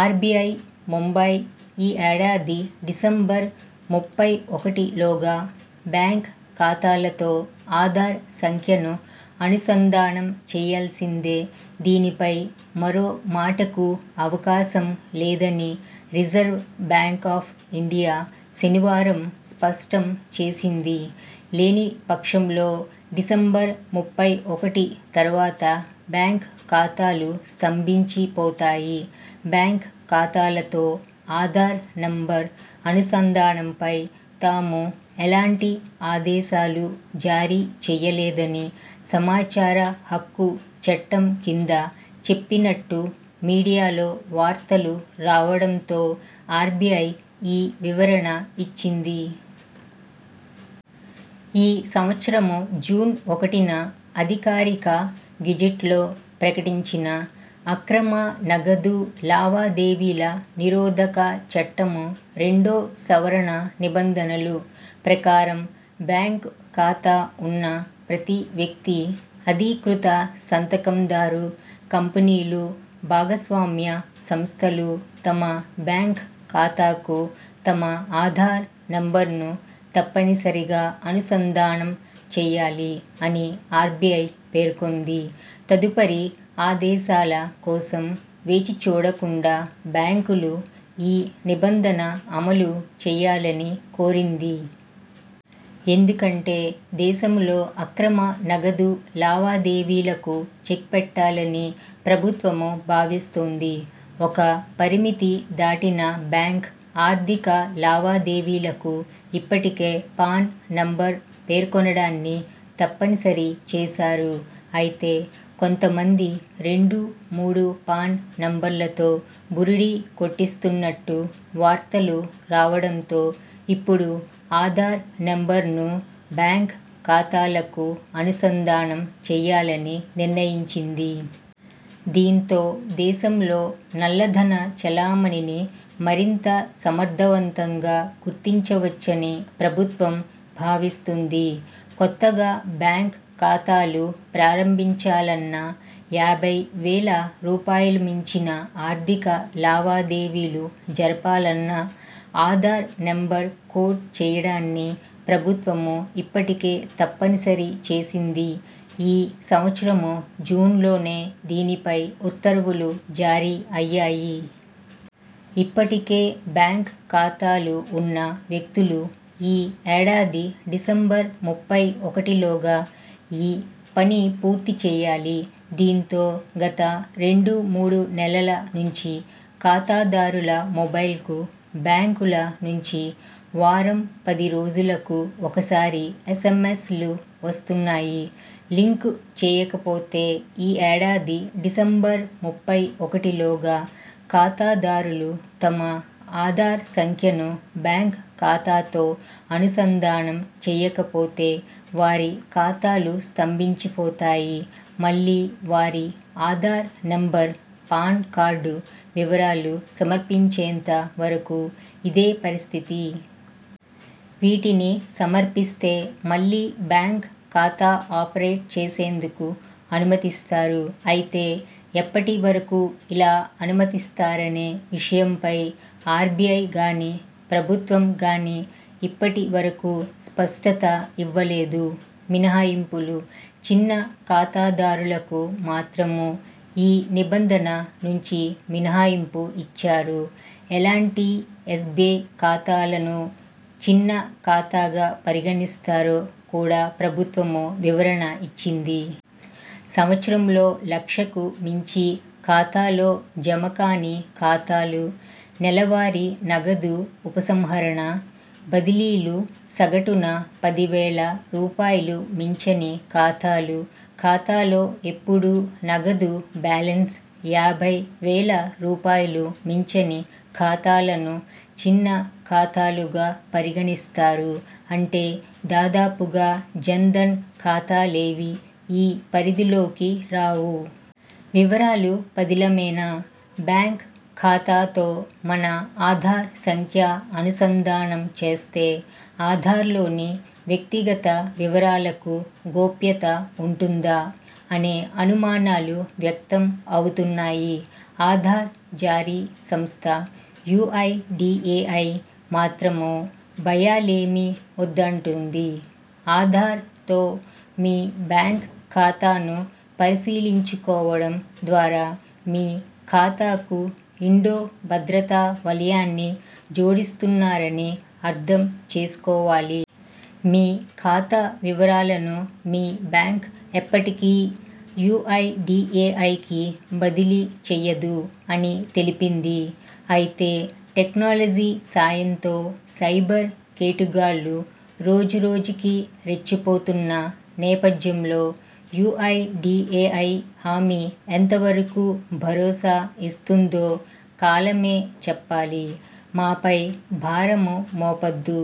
RBI, Mumbai ఈ ఏడాది December ముప్పై ఒకటిలోగా బ్యాంక్ ఖాతాలతో ఆధార్ సంఖ్యను అనుసంధానం చేయాల్సిందే దీనిపై మరో మాటకు అవకాశం లేదని రిజర్వు బ్యాంక్ ఆఫ్ ఇండియా శనివారం స్పష్టం చేసింది. లేనిపక్షంలో డిసెంబర్ ముప్పై ఒకటి తర్వాత బ్యాంక్ ఖాతాలు స్తంభించిపోతాయి బ్యాంక్ ఖాతాలతో ఆధార్ నంబర్ అనుసంధానంపై తాము ఎలాంటి ఆదేశాలు జారీ చేయలేదని సమాచార హక్కు చట్టం కింద చెప్పినట్టు మీడియాలో వార్తలు రావడంతో ఆర్బిఐ ఈ వివరణ ఇచ్చింది. 'ఈ సంవత్సరం జూన్ ఒకటిన అధికారిక గెజిట్లో ప్రకటించిన 'అక్రమ నగదు లావాదేవీల నిరోధక చట్టం రెండో సవరణ నిబంధనలు ' ప్రకారం బ్యాంకు ఖాతా ఉన్న ప్రతి వ్యక్తి, అధీకృత సంతకందారు, కంపెనీలు, భాగస్వామ్య సంస్థలు తమ బ్యాంక్ ఖాతాకు తమ 'ఆధార్' నంబర్ను తప్పనిసరిగా అనుసంధానం చేయాలి' అని ఆర్బిఐ పేర్కొంది తదుపరి ఆదేశాల కోసం వేచిచూడకుండా బ్యాంకులు ఈ నిబంధన అమలు చేయాలని కోరింది. ఎందుకంటే దేశంలో అక్రమ నగదు లావాదేవీలకు చెక్పెట్టాలని ప్రభుత్వం భావిస్తోంది. ఒక పరిమితి దాటిన బ్యాంక్ ఆర్థిక లావాదేవీలకు ఇప్పటికే 'పాన్' నంబర్ పేర్కొనడాన్ని తప్పనిసరి చేశారు. అయితే కొంత మంది రెండు మూడు పాన్ నంబర్లతో బురిడీ కొట్టిస్తున్నట్టు వార్తలు రావడంతో ఇప్పుడు ఆధార్ నెంబర్నూ బ్యాంక్ ఖాతాలకు అనుసంధానం చేయాలని నిర్ణయించింది. దీంతో దేశంలో నల్లధన చలామణినీ మరింత సమర్థవంతంగా గుర్తించవచ్చని ప్రభుత్వం భావిస్తోంది. కొత్తగా బ్యాంక్ ఖాతాలు ప్రారంభించాలన్నా యాభై వేల రూపాయలుమించిన ఆర్థిక లావాదేవీలు జరపాలన్నా ఆధార్' నెంబర్ కోట్ చేయడాన్ని ప్రభుత్వం ఇప్పటికే తప్పనిసరి చేసింది ఈ సంవత్సరం జూన్లోనే దీనిపై ఉత్తర్వులు జారీ అయ్యాయి. ఇప్పటికే బ్యాంక్ ఖాతాలు ఉన్న వ్యక్తులు ఈ ఏడాది డిసెంబర్ ముప్పై ఒకటిలోగా ఈ పని పూర్తి చేయాలి దీంతో గత రెండు మూడు నెలల నుంచి ఖాతాదారుల మొబైల్స్కు బ్యాంకుల నుంచి వారం పది రోజులకు ఒకసారి ఎస్ఎంఎస్ లు వస్తున్నాయి. లింక్ చేయకపోతే ఈ ఏడాది డిసెంబర్ ముప్పై ఒకటిలోగా ఖాతాదారులు తమ ఆధార్ సంఖ్యను బ్యాంక్ ఖాతాతో అనుసంధానం చేయకపోతే వారి ఖాతాలూ స్తంభించిపోతాయి మళ్లీ వారి ఆధార్ నంబర్, పాన్ కార్డు వివరాలు సమర్పించేంత వరకు ఇదే పరిస్థితి. వీటిని సమర్పిస్తే మళ్లీ బ్యాంక్ ఖాతా ఆపరేట్ చేసేందుకు అనుమతిస్తారు. అయితే ఎప్పటి వరకు ఇలా అనుమతిస్తారనే విషయంపై ఆర్బిఐగానీ, ప్రభుత్వంగాని ఇప్పటి వరకు స్పష్టత ఇవ్వలేదు. మినహాయింపులు చిన్న ఖాతాదారులకు మాత్రం ఈ నిబంధన నుంచి మినహాయింపు ఇచ్చారు. ఎలాంటి ఎస్బి ఖాతాలను చిన్న ఖాతాగా పరిగణిస్తారో కూడా ప్రభుత్వం వివరణ ఇచ్చింది. సంవత్సరంలో లక్షకు మించి ఖాతాలో జమకాని ఖాతాలు, నెలవారీ నగదు ఉపసంహరణ, బదిలీలు సగటున పది వేల రూపాయలు మించని ఖాతాలు, ఖాతాలో ఎప్పుడూ నగదు బ్యాలెన్స్ యాభై వేల రూపాయలు మించని ఖాతాలను చిన్న ఖాతాలుగా పరిగణిస్తారు అంటే దాదాపుగా జన్ ధన్ ఖాతాలేవీ ఈ పరిధిలోకి రావు. వివరాలు పదిలమేనా? బ్యాంక్ ఖాతాతో మన ఆధార్ సంఖ్య అనుసంధానం చేస్తే ఆధార్లోని వ్యక్తిగత వివరాలకు గోప్యత ఉంటుందా? అనే అనుమానాలు వ్యక్తం అవుతున్నాయి. ఆధార్ జారీ సంస్థ యుఐడిఎఐ మాత్రం భయాలేమీ వద్దంటోంది. 'ఆధార్ తో మీ బ్యాంక్ ఖాతాను పరిశీలించుకోవడం ద్వారా మీ ఖాతాకు ఇండో భద్రతా వలయాన్ని జోడిస్తున్నారని అర్థం చేసుకోవాలి. మీ ఖాతా వివరాలను మీ బ్యాంక్ ఎప్పటికీ యుఐడిఎఐకి బదిలీ చేయదు' అని తెలిపింది. అయితే టెక్నాలజీ సాయంతో సైబర్ కేటుగాళ్లు రోజు రోజుకీ రెచ్చిపోతున్న నేపథ్యంలో యుఐడిఎఐ హామీ ఎంత వరకు భరోసా ఇస్తుందో కాలమే చెప్పాలి. మాపై భారం మోపొద్దు